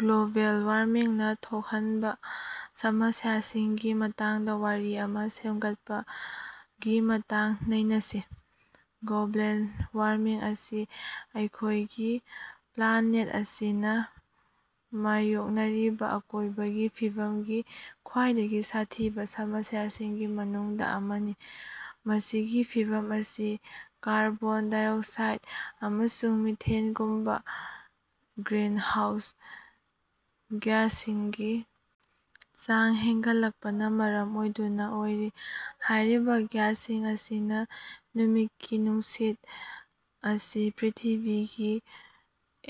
Global ꯋꯥꯔꯃꯤꯡꯅꯥ ꯊꯣꯛꯍꯟꯕꯥ ꯁꯃꯁ꯭ꯌꯥꯁꯤꯡꯒꯤ ꯃꯇꯥꯡꯗꯥ ꯋꯥꯔꯤ ꯑꯃꯥ ꯁꯦꯝꯒꯠꯄꯥꯒꯤ ꯃꯇꯥꯡ ꯅꯩꯅꯁꯤ꯫ ꯒ꯭ꯂꯣꯕꯦꯜ ꯋꯥꯔꯃꯤꯡ ꯑꯁꯤ ꯑꯩꯈꯣꯏꯒꯤ ꯄ꯭ꯂꯥꯅꯦꯠ ꯑꯁꯤꯅꯥ ꯃꯥꯌꯣꯛꯅꯔꯤꯕꯥ ꯑꯀꯣꯏꯕꯒꯤ ꯐꯤꯕꯝꯒꯤ ꯈ꯭ꯋꯥꯏꯗꯒꯤ ꯁꯥꯊꯤꯕꯥ ꯁꯃꯁ꯭ꯌꯥꯁꯤꯡꯒꯤ ꯃꯅꯨꯡꯗꯥ ꯑꯃꯅꯤ꯫ ꯃꯁꯤꯒꯤ ꯐꯤꯚꯝ ꯑꯁꯤ ꯀꯥꯔꯕꯣꯟ ꯗꯥꯏꯑꯣꯛꯁꯥꯏꯗ ꯑꯃꯁꯨꯡ ꯃꯤꯊꯦꯟꯒꯨꯝꯕꯥ ꯒ꯭ꯔꯤꯟꯍꯥꯎꯁ ꯒ꯭ꯌꯥꯁꯁꯤꯡꯒꯤ ꯆꯥꯡ ꯍꯦꯟꯒꯠꯂꯛꯄꯅꯥ ꯃꯔꯝ ꯑꯣꯏꯗꯨꯅꯥ ꯑꯣꯏꯔꯤ꯫ ꯍꯥꯏꯔꯤꯕꯥ ꯒ꯭ꯌꯥꯁꯁꯤꯡ ꯑꯁꯤꯅꯥ ꯅꯨꯃꯤꯠꯀꯤ ꯅꯨꯡꯁꯤꯠ ꯑꯁꯤ ꯄ꯭ꯔꯤꯊꯤꯕꯤꯒꯤ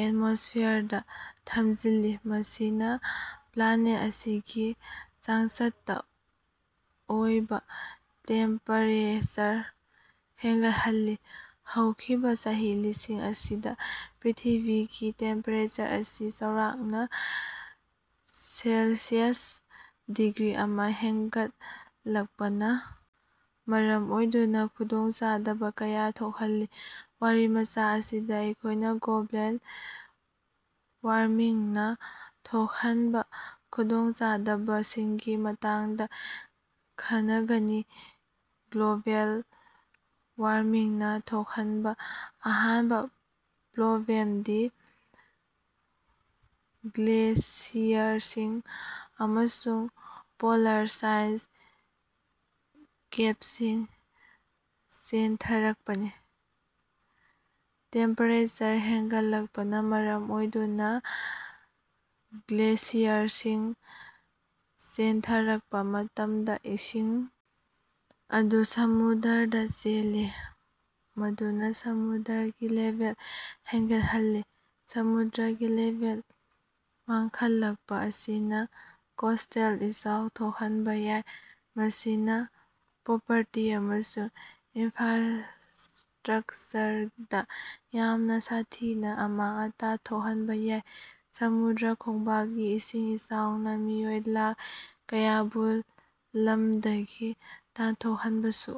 ꯑꯦꯠꯃꯣꯁꯐꯤꯌꯔꯗꯥ ꯊꯝꯖꯤꯜꯂꯤ, ꯃꯁꯤꯅꯥ ꯄ꯭ꯂꯥꯅꯦꯠ ꯑꯁꯤꯒꯤ ꯆꯥꯡꯆꯠꯇꯥ ꯑꯣꯏꯕꯥ ꯇꯦꯝꯄꯦꯔꯦꯆꯔ ꯍꯦꯟꯒꯠꯍꯜꯂꯤ꯫ ꯍꯧꯈꯤꯕꯥ ꯆꯍꯤ ꯂꯤꯁꯤꯡ ꯑꯁꯤꯗꯥ ꯄ꯭ꯔꯤꯊꯤꯕꯤꯒꯤ ꯇꯦꯝꯄꯦꯔꯦꯆꯔ ꯑꯁꯤ ꯆꯥꯎꯔꯥꯛꯅꯥ ꯁꯦꯜꯁꯤꯌꯁ ꯗꯤꯒ꯭ꯔꯤ ꯑꯃꯥ ꯍꯦꯟꯒꯠꯂꯛꯄꯅꯥ ꯃꯔꯝ ꯑꯣꯏꯗꯨꯅꯥ ꯈꯨꯗꯣꯡꯆꯥꯗꯕꯥ ꯀꯌꯥ ꯊꯣꯛꯍꯜꯂꯤ꯫ ꯋꯥꯔꯤꯃꯆꯥ ꯑꯁꯤꯗꯥ ꯑꯩꯈꯣꯏꯅꯥ ꯒ꯭ꯂꯣꯕꯦꯜ ꯋꯥꯔꯃꯤꯡꯅꯥ ꯊꯣꯛꯍꯟꯕꯥ ꯈꯨꯗꯣꯡꯆꯥꯗꯕꯁꯤꯡꯒꯤ ꯃꯇꯥꯡꯗꯥ ꯈꯟꯅꯒꯅꯤ꯫ ꯒ꯭ꯂꯣꯕꯦꯜ ꯋꯥꯔꯃꯤꯡꯅꯥ ꯊꯣꯛꯍꯟꯕꯥ ꯑꯍꯥꯟꯕꯥ ꯄ꯭ꯔꯣꯕ꯭ꯂꯦꯝꯗꯤ ꯒ꯭ꯂꯦꯁꯤꯌꯔꯁꯤꯡ ꯑꯃꯁꯨꯡ ꯄꯣꯂꯥꯔ ꯁꯥꯏꯁ ꯀꯦꯞꯁꯤꯡ ꯆꯦꯟꯊꯔꯛꯄꯅꯤ꯫ ꯇꯦꯝꯄꯦꯔꯦꯆꯔ ꯍꯦꯟꯒꯠꯂꯛꯄꯅꯥ ꯃꯔꯝ ꯑꯣꯏꯗꯨꯅꯥ ꯒ꯭ꯂꯦꯁꯤꯌꯔꯁꯤꯡ ꯆꯦꯟꯊꯔꯛꯄꯥ ꯃꯇꯝꯗꯥ ꯏꯁꯤꯡ ꯑꯗꯨ ꯁꯃꯨꯗ꯭ꯔꯗꯥ ꯆꯦꯜꯂꯤ, ꯃꯗꯨꯅꯥ ꯁꯃꯨꯗ꯭ꯔꯒꯤ ꯂꯦꯚꯦꯜ ꯍꯦꯟꯒꯠꯍꯜꯂꯤ꯫ ꯁꯃꯨꯗ꯭ꯔꯒꯤ ꯂꯦꯚꯦꯜ ꯋꯥꯡꯈꯠꯂꯛꯄꯥ ꯑꯁꯤꯅꯥ ꯀꯣꯁꯇꯦꯜ ꯏꯆꯥꯎ ꯊꯣꯛꯍꯟꯕꯥ ꯌꯥꯏ, ꯃꯁꯤꯅꯥ ꯄ꯭ꯔꯣꯄꯔꯇꯤ ꯑꯃꯁꯨꯡ ꯏꯅꯐ꯭ꯔꯥꯁꯇ꯭ꯔꯛꯆꯔꯗꯥ ꯌꯥꯝꯅꯥ ꯁꯥꯊꯤꯅꯥ ꯑꯃꯥꯡ-ꯑꯇꯥ ꯊꯣꯛꯍꯟꯕꯥ ꯌꯥꯏ꯫ ꯁꯃꯨꯗ꯭ꯔ ꯈꯣꯡꯕꯥꯜꯒꯤ ꯏꯁꯤꯡ ꯏꯆꯥꯎꯅꯥ ꯃꯤꯑꯣꯏ ꯂꯥꯈ ꯀꯌꯥꯕꯨ ꯂꯝꯗꯒꯤ ꯇꯥꯟꯊꯣꯛꯍꯟꯕꯁꯨ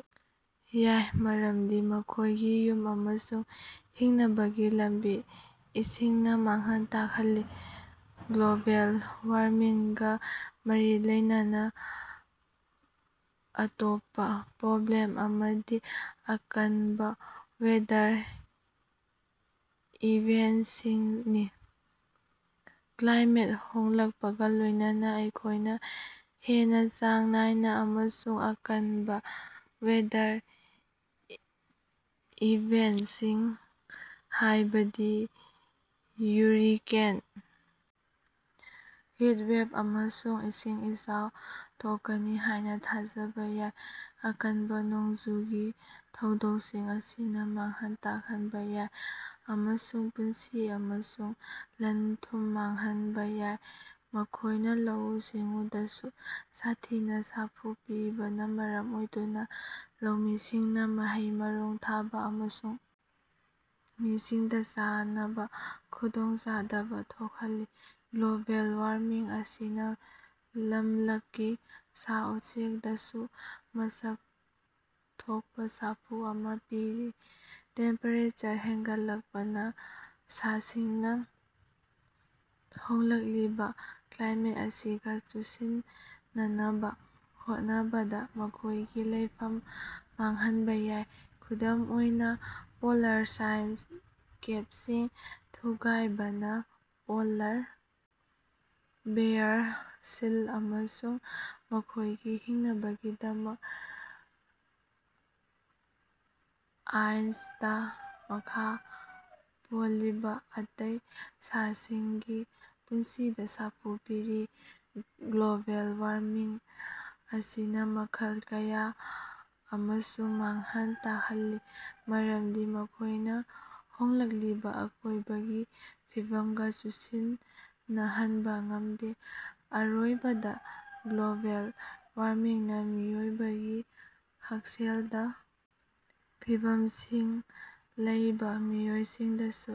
ꯌꯥꯏ, ꯃꯔꯝꯗꯤ ꯃꯈꯣꯏꯒꯤ ꯌꯨꯝ ꯑꯃꯁꯨꯡ ꯍꯤꯡꯅꯕꯒꯤ ꯂꯝꯕꯤ ꯏꯁꯤꯡꯅꯥ ꯃꯥꯡꯍꯟ ꯇꯥꯛꯍꯜꯂꯤ꯫ ꯒ꯭ꯂꯣꯕꯦꯜ ꯋꯥꯔꯃꯤꯡꯒꯥ ꯃꯔꯤ ꯂꯩꯅꯅꯥ ꯑꯇꯣꯞꯄꯥ ꯄ꯭ꯔꯣꯕ꯭ꯂꯦꯝ ꯑꯃꯗꯤ ꯑꯀꯟꯕꯥ ꯋꯦꯗꯔ ꯏꯚꯦꯟꯁꯤꯡꯅꯤ꯫ ꯀ꯭ꯂꯥꯏꯃꯦꯠ ꯍꯣꯡꯂꯛꯄꯒꯥ ꯂꯣꯏꯅꯅꯥ ꯑꯩꯈꯣꯏꯅꯥ ꯍꯦꯟꯅꯥ ꯆꯥꯡ ꯅꯥꯏꯅꯥ ꯑꯃꯁꯨꯡ ꯑꯀꯟꯕꯥ ꯋꯦꯗꯔ ꯏꯚꯦꯟꯇꯁꯤꯡ ꯍꯥꯏꯕꯗꯤ ꯌꯨꯔꯤꯀꯦꯟ, ꯍꯤꯠ ꯋꯦꯚ ꯑꯃꯁꯨꯡ ꯏꯁꯤꯡ ꯏꯆꯥꯎ ꯊꯣꯛꯀꯅꯤ ꯍꯥꯏꯅꯥ ꯊꯥꯖꯕꯥ ꯌꯥꯏ꯫ ꯑꯀꯟꯕꯥ ꯅꯣꯡꯖꯨꯒꯤ ꯊꯧꯗꯣꯛꯁꯤꯡ ꯑꯁꯤꯅꯥ ꯃꯥꯡꯍꯟ ꯇꯥꯛꯍꯟꯕꯥ ꯌꯥꯏ ꯑꯃꯁꯨꯡ ꯄꯨꯟꯁꯤ ꯑꯃꯁꯨꯡ ꯂꯟ-ꯊꯨꯝ ꯃꯥꯡꯍꯟꯕꯥ ꯌꯥꯏ꯫ ꯃꯈꯣꯏꯅꯥ ꯂꯧꯎ-ꯁꯤꯡꯎꯗꯁꯨ ꯁꯥꯊꯤꯅꯥ ꯁꯥꯐꯨ ꯄꯤꯕꯅꯥ ꯃꯔꯝ ꯑꯣꯏꯗꯨꯅꯥ ꯂꯧꯃꯤꯁꯤꯡꯅꯥ ꯃꯍꯩ-ꯃꯔꯣꯡ ꯊꯥꯕꯥ ꯑꯃꯁꯨꯡ ꯃꯤꯁꯤꯡꯗꯥ ꯆꯥꯅꯕꯥ ꯈꯨꯗꯣꯡꯆꯥꯗꯕꯥ ꯊꯣꯛꯍꯜꯂꯤ꯫ ꯒ꯭ꯂꯣꯕꯦꯜ ꯋꯥꯔꯃꯤꯡ ꯑꯁꯤꯅꯥ ꯂꯝꯂꯛꯀꯤ ꯁꯥ-ꯎꯆꯦꯛꯗꯁꯨ ꯃꯁꯛ ꯊꯣꯛꯄꯥ ꯁꯥꯐꯨ ꯑꯃꯥ ꯄꯤꯔꯤ꯫ ꯇꯦꯝꯄꯦꯔꯦꯆꯔ ꯍꯦꯟꯒꯠꯂꯛꯄꯅꯥ ꯁꯥꯁꯤꯡꯅꯥ ꯍꯣꯡꯂꯛꯂꯤꯕꯥ ꯀ꯭ꯂꯥꯏꯃꯦꯠ ꯑꯁꯤꯒꯥ ꯆꯨꯁꯤꯟꯅꯅꯕꯥ ꯍꯣꯠꯅꯕꯗꯥ ꯃꯈꯣꯏꯒꯤ ꯂꯩꯐꯝ ꯃꯥꯡꯍꯟꯕꯥ ꯌꯥꯏ꯫ ꯈꯨꯗꯝ ꯑꯣꯏꯅꯥ, ꯄꯣꯂꯥꯔ ꯁꯥꯏꯁ ꯀꯦꯞꯁꯤꯡ ꯊꯨꯒꯥꯏꯕꯅꯥ ꯄꯣꯂꯥꯔ ꯕꯦꯌꯥꯔ, ꯁꯤꯜ ꯑꯃꯁꯨꯡ ꯃꯈꯣꯏꯒꯤ ꯍꯤꯡꯅꯕꯒꯤꯗꯃꯛ ꯑꯥꯏꯁꯇꯥ ꯃꯈꯥ ꯄꯣꯜꯂꯤꯕꯥ ꯑꯇꯩ ꯁꯥꯁꯤꯡꯒꯤ ꯄꯨꯟꯁꯤꯗꯥ ꯁꯥꯐꯨ ꯄꯤꯔꯤ꯫ ꯒ꯭ꯂꯣꯕꯦꯜ ꯋꯥꯔꯃꯤꯡ ꯑꯁꯤꯅꯥ ꯃꯈꯜ ꯀꯌꯥ ꯑꯃꯁꯨ ꯃꯥꯡꯍꯟ ꯇꯥꯛꯍꯜꯂꯤ, ꯃꯔꯝꯗꯤ ꯃꯈꯣꯏꯅꯥ ꯍꯣꯡꯂꯛꯂꯤꯕꯥ ꯑꯀꯣꯏꯕꯒꯤ ꯐꯤꯕꯝꯒꯥ ꯆꯨꯁꯤꯟꯅꯍꯟꯕꯥ ꯉꯝꯗꯦ꯫ ꯑꯔꯣꯏꯕꯗꯥ, ꯒ꯭ꯂꯣꯕꯦꯜ ꯋꯥꯔꯃꯤꯡꯅꯥ ꯃꯤꯑꯣꯏꯕꯒꯤ ꯍꯛꯁꯦꯜꯗꯥ ꯐꯤꯚꯝꯁꯤꯡ ꯂꯩꯕꯥ ꯃꯤꯑꯣꯏꯁꯤꯡꯗꯁꯨ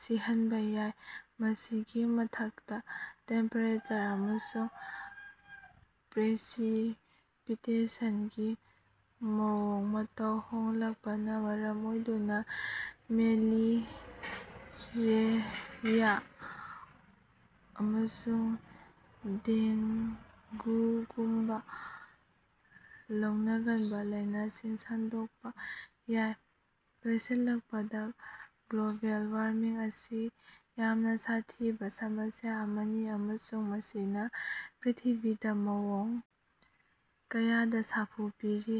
ꯁꯤꯍꯟꯕꯥ ꯌꯥꯏ꯫ ꯃꯁꯤꯒꯤ ꯃꯊꯛꯇꯥ, ꯇꯦꯝꯄꯦꯔꯦꯆꯔ ꯑꯃꯁꯨꯡ ꯄ꯭ꯔꯦꯁꯤꯄꯤꯇꯦꯁꯟꯒꯤ ꯃꯑꯣꯡ-ꯃꯇꯧ ꯍꯣꯡꯂꯛꯄꯅꯥ ꯃꯔꯝ ꯑꯣꯏꯗꯨꯅꯥ ꯃꯦꯂꯤꯔꯦꯔꯤꯌꯥ ꯑꯃꯁꯨꯡ ꯗꯦꯡꯒꯨꯒꯨꯝꯕꯥ ꯂꯧꯅꯒꯟꯕꯥ ꯂꯥꯏꯅꯥꯁꯤꯡ ꯁꯟꯗꯣꯛꯄꯥ ꯌꯥꯏ꯫ ꯂꯣꯏꯁꯤꯜꯂꯛꯄꯗꯥ, ꯒ꯭ꯂꯣꯕꯦꯜ ꯋꯥꯔꯃꯤꯡ ꯑꯁꯤ ꯌꯥꯝꯅꯥ ꯁꯥꯊꯤꯕꯥ ꯁꯃꯁ꯭ꯌꯥ ꯑꯃꯅꯤ ꯑꯃꯁꯨꯡ ꯃꯁꯤꯅꯥ ꯄ꯭ꯔꯤꯊꯤꯕꯤꯗꯥ ꯃꯑꯣꯡ ꯀꯌꯥꯗꯥ ꯁꯥꯐꯨ ꯄꯤꯔꯤ꯫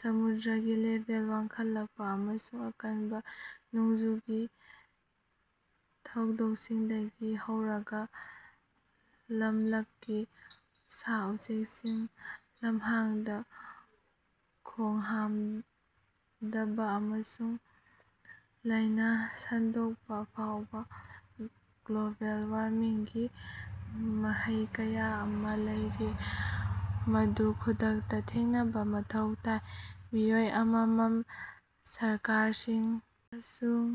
ꯁꯃꯨꯗ꯭ꯔꯒꯤ ꯂꯦꯚꯦꯜ ꯋꯥꯡꯈꯠꯂꯛꯄꯥ ꯑꯃꯁꯨꯡ ꯑꯀꯟꯕꯥ ꯅꯣꯡꯖꯨꯒꯤ ꯊꯧꯗꯣꯛꯁꯤꯡꯗꯒꯤ ꯍꯧꯔꯒꯥ ꯂꯝꯂꯛꯀꯤ ꯁꯥ-ꯎꯆꯦꯛꯁꯤꯡ ꯂꯝꯍꯥꯡꯗꯥ ꯈꯣꯡꯍꯥꯝꯗꯕꯥ ꯑꯃꯁꯨꯡ ꯂꯥꯏꯅꯥ ꯁꯟꯗꯣꯛꯄꯥ ꯐꯥꯎꯕꯥ, ꯒ꯭ꯂꯣꯕꯦꯜ ꯋꯥꯔꯃꯤꯡꯒꯤ ꯃꯍꯩ ꯀꯌꯥ ꯑꯃꯥ ꯂꯩꯔꯤ, ꯃꯗꯨ ꯈꯨꯗꯛꯇꯥ ꯊꯦꯡꯅꯕꯥ ꯃꯊꯧ ꯇꯥꯏ꯫ ꯃꯤꯑꯣꯏ ꯑꯃꯃꯝ, ꯁꯔꯀꯥꯔꯁꯤꯡ ꯑꯃꯁꯨꯡ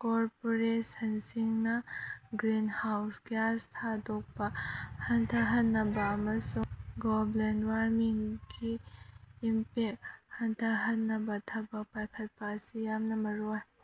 ꯀꯣꯔꯄꯣꯔꯦꯁꯟꯁꯤꯡꯅꯥ ꯒ꯭ꯔꯤꯟꯍꯥꯎꯁ ꯒ꯭ꯌꯥꯁ ꯊꯥꯗꯣꯛꯄꯥ ꯍꯟꯊꯍꯟꯅꯕꯥ ꯑꯃꯁꯨꯡ ꯒ꯭ꯂꯣꯕꯦꯜ ꯋꯥꯔꯃꯤꯡꯒꯤ ꯏꯝꯄꯦꯛ ꯍꯟꯊꯍꯟꯅꯕꯥ ꯊꯕꯛ ꯄꯥꯏꯈꯠꯄꯥ ꯑꯁꯤ ꯌꯥꯝꯅꯥ ꯃꯔꯨꯑꯣꯏ꯫